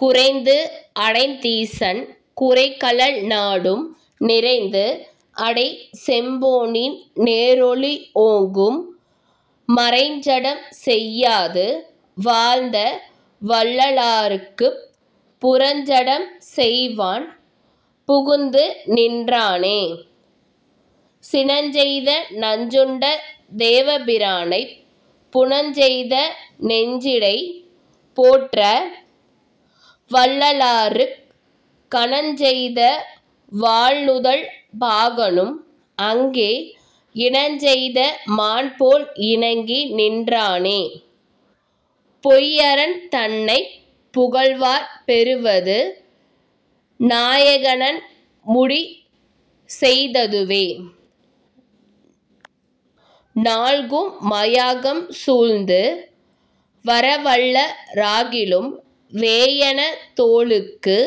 குறைந்துஅடைந் தீசன் குரைகழல் நாடும் நிறைந்துஅடை செம்பொனின் நேர்ஒளி ஒக்கும் மறைஞ்சடம் செய்யாது வாழ்த்தவல்லலார்க்குப் புறஞ்சடம் செய்வான் புகுந்துநின் றானே. சினஞ்செய்த நஞ்சுண்ட தேவர் பிரானைப் புனஞ்செய்த நெஞ்சிடை போற்றவல்லலார்க்குக் கனஞ்செய்த வாள்நுதல் பாகனும் அங்கே இனஞ்செய்த மான்போல் இணங்கிநின் றானே. போய்அரன் தன்னைப் புகழ்வார் பெறுவது நாயக னான்முடி செய்தது வேநல்கும் மாயகம் சூழ்ந்து வரவல்ல ராகிலும் வேயன தோளிக்கு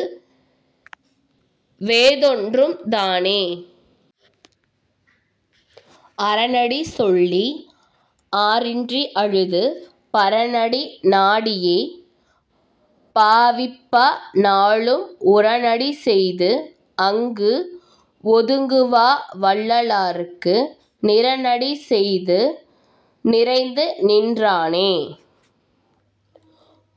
வேந்தொன்றும் தானே. அரனடி சொல்லி ஆறின்றி அழுது பரனடி நாடியே பாவிப்ப நாளும் உரன்அடி செய்துஅங்கு ஓதுங்கவல்லலார்க்கு நிரன்அடி செய்து நிறைந்துநின் றானே.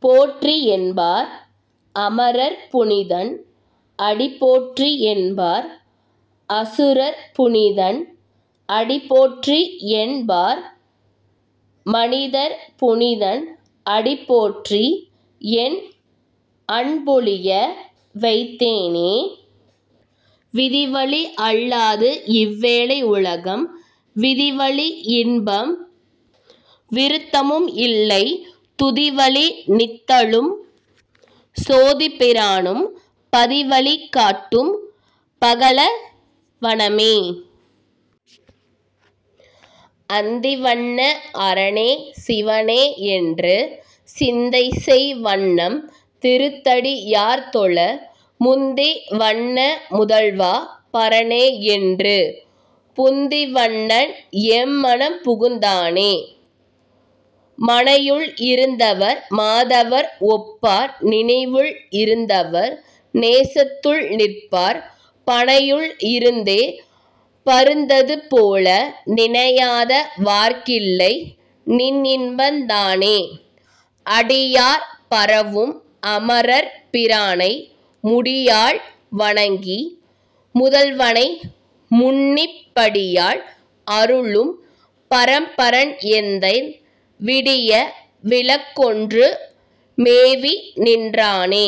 போற்றிஎன் பார்அம ரர்புனி தன்அடி போற்றிஎன் பார்அசு ரர்புனி தன்அடி போற்றிஎன் பார்மனி தர்புனி தன்அடி போற்றிஎன் அன்புள் பொலியவைத் தேனே. விதிவழி அல்லாதுஇவ் வேலை உலகம் விதிவழி இன்பம் விருத்தமும் இல்லை துதிவழி நித்தலும் சோதிப் பிரானும் பதிவழி காட்டும் பகலவ னாமே. அந்திவண் ணாஅர னேசிவ னேஎன்று சிந்தைசெய் வண்ணம் திருந்தடி யார்தொழ முந்திவண் ணாமுதல் வாபர னேஎன்று புந்தி வண்ணன்எம் மனம்புகுந் தானே. மனையுள் இருந்தவர் மாதவர் ஒப்பர் நினைவுள் இருந்தவர் நேசத்துள் நிற்பர் பனையுள் இருந்தே பருந்தது போல நினையாத வர்க்கில்லை நின்இன்பந் தானே. அடியார் பரவும் அமரர் பிரானை முடியால் வணங்கி முதல்வனை முன்னிப் படியால் அருளும் பரம்பரன் எந்தை விடியா விளக்கென்று மேவிநின் றேனே.